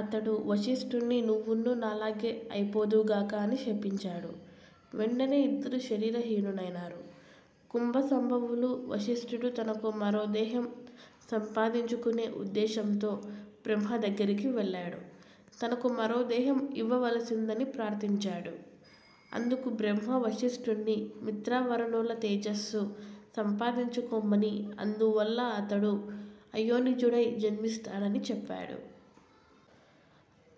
అతడు వశిష్ఠుణ్ణి నువ్వున్నూ నాలాగే అయిపోదువుగాక అని శపించాడు. వెంటనే ఇద్దరూ శరీర హీనునైనారు. కుంభసంభవులు: వశిష్ఠుడు తనకు మరోదేహం సంపాదించుకునే ఉద్దేశ్యంతో బ్రహ్మ దగ్గరికి వెళ్ళాడు. తనకు మరోదేహం ఇవ్వవలసిందని ప్రార్దించాడు. అందుకు బ్రహ్మ వశిష్ఠుణ్ని మిత్రావరుణుల తేజస్సు సంపాదించుకొమ్మనీ, అందువల్ల అతడు అయోనిజుడై జన్మిస్తాడనీ చెప్పాడు.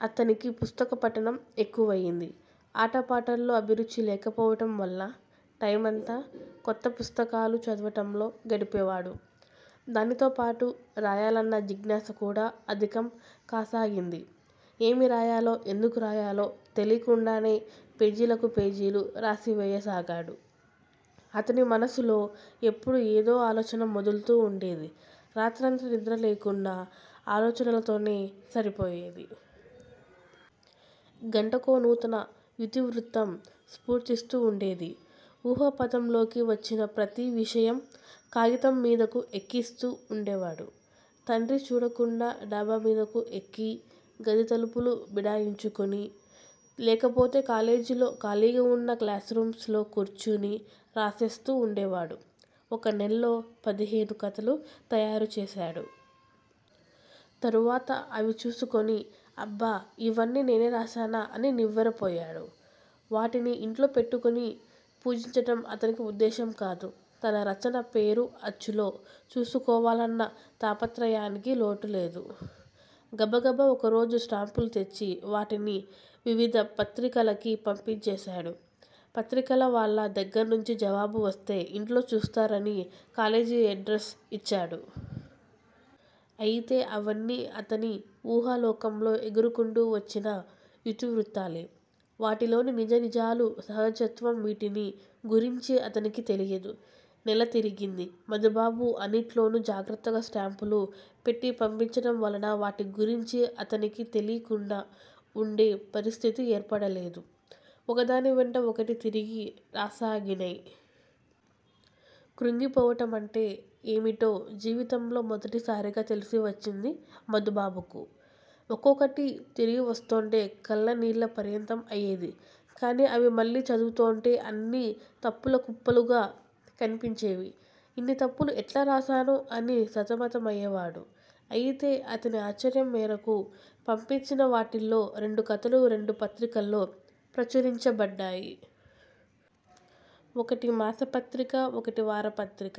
అతనికి పుస్తకపఠనం ఎక్కువయింది. ఆటపాటల్లో అభిరుచి లేకపోవటం వల్ల టైమంతా కొత్తపుస్తకాలు చదవటంలో గడిపేవాడు. దానితోపాటు రాయాలన్న జిజ్ఞాసకూడా అధికం కాసాగింది. ఏమి రాయాలో, ఎందుకు రాయాలో తెలీకుండానే పేజీలకు పేజీలు రాసివేయసాగాడు. అతని మనస్సులో ఎప్పుడూ ఏదో ఆలోచన మోదుల్తూ వుండేది. రాత్రంతా నిద్రలేకుండా ఆలోచనలతోనే సరిపోయేది. గంటకో నూతన యితివృత్తం స్ఫుర్తిస్తూవుండేది. ఊహాపథంలోకి వచ్చిన ప్రతి విషయం కాగితం మీదకు ఎక్కిస్తూ వుండేవాడు. తండ్రి చూడకుండా డాబామీదకు ఎక్కి గది తలుపులు బిడాయించుకుని, లేకపోతే కాలేజీలో ఖాళీగావున్న క్లాస్ రూమ్స్ లో కూర్చుని రాసేస్తూ వుండేవాడు. ఒక నెల్లో పదిహేను కథలు తయారుచేశాడు. తరువాత అవి చూసుకుని అబ్బా! యివన్నీ నేనే రాశానా? అని నివ్వెర పోయాడు. వాటిని ఇంట్లో పెట్టుకుని పూజించటం అతని ఉద్దేశం కాదు. తన రచన, పేరు అచ్చులో చూసుకోవాలన్న తాపత్రయానికి లోటులేదు. గబగబ ఒకరోజు స్టాంపులు తెచ్చి వాటిని వివిధపత్రికలకి పంపించేశాడు. పత్రికలవాళ్ళ దగ్గర్నుంచి జవాబు వస్తే ఇంట్లో చూస్తారని కాలేజి ఎడ్రస్ యిచ్చాడు. అయితే అవన్నీ అతని వూహాలోకంలో ఎగురుకుంటూ వచ్చిన యితి వృత్తాలే. వాటిలోని నిజానిజాలు, సహజత్వం వీటిని గురించి అతనికి తెలియదు. నెల తిరిగింది. మధుబాబు అన్నిట్లోను జాగ్రత్తగా స్టాంపులు పెట్టి పంపించటం వలన వాటిగురించి అతనికి తెలీకుండా వుండే పరిస్థితి ఏర్పడలేదు. ఒకదానివెంట ఒకటి తిరిగి రాసాగినై. కృంగిపోవటమంటే ఏమిటో జీవితంలో మొదటిసారిగా తెలిసివచ్చింది మధుబాబుకు. ఒక్కొక్కటీ తిరిగివస్తోంటే కళ్ళనీళ్ళ పర్యంతం అయేది. కాని అవి మళ్లీ చదువుతోంటే అన్నీ తప్పుల కుప్పలుగా కనిపించేవి. ఇన్ని తప్పులు ఎట్లా రాశాను అని సతమతమయేవాడు. అయితే అతని ఆశ్చర్యం మేరకు పంపించినవాటిల్లో రెండుకథలు రెండు పత్రికల్లో ప్రచురించబడ్డాయి. ఒకటి మాసపత్రిక, ఒకటి వారపత్రిక.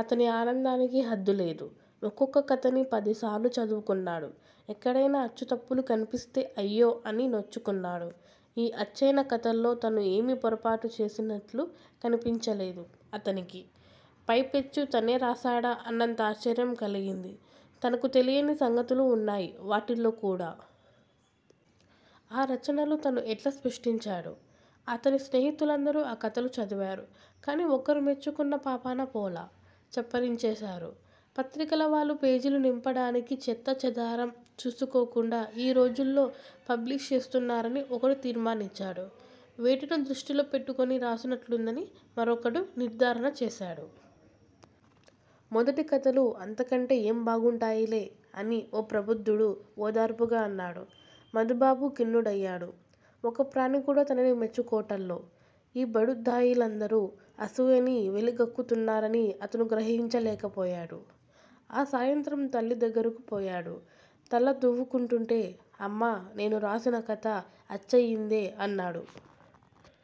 అతని ఆనందానికి హద్దులేదు. ఒక్కొక్క కథని పదిసార్లు చదువుకున్నాడు. ఎక్కడైనా అచ్చుతప్పులు కనిపిస్తే అయ్యో! అని నొచ్చుకున్నాడు. ఈ అచ్చయిన కథల్లో తను ఏమీ పొరపాటు చేసినట్లు కనిపించలేదు అతనికి. పైపెచ్చు తనే రాశాడా అన్నంత ఆశ్చర్యం కలిగింది. తనకు తెలియని సంగతులు వున్నాయి వాటిల్లోకూడా. ఆ రచనలు తను ఎట్లా సృష్టించాడు! అతని స్నేహితులందరూ ఆ కథలు చదివారు. కాని ఒక్కరూ మెచ్చుకున్న పాపాన పోలా. చప్పరించేశారు. పత్రికలవాళ్ళు పేజీలు నింపడానికి చెత్తా చెదారం చూసుకోకుండా యీ రోజుల్లో పబ్లిష్ చేస్తున్నారని ఒకడు తీర్మానించాడు. వేటినో దృష్టిలో పెట్టుకుని రాసినట్లుందని మరొకడు నిర్ధారణ చేశాడు. మొదటి కథలు అంతకంటే ఏం బాగుంటాయిలే? అని ఓ ప్రబుద్ధుడు ఓదార్పుగా అన్నాడు. మధుబాబు ఖిన్నుడయాడు. ఒక్కప్రాణికూడా తనని మెచ్చుకోటల్లో. ఈ బడుద్ధాయిలందరూ అసూయని వెలిగక్కుతున్నారని అతను గ్రహించలేక పోయాడు. ఆ సాయంత్రం తల్లిదగ్గరకు పోయాడు, తల దువ్వుకుంటూంటే. అమ్మా! నేను రాసిన కథ అచ్చయిందే అన్నాడు.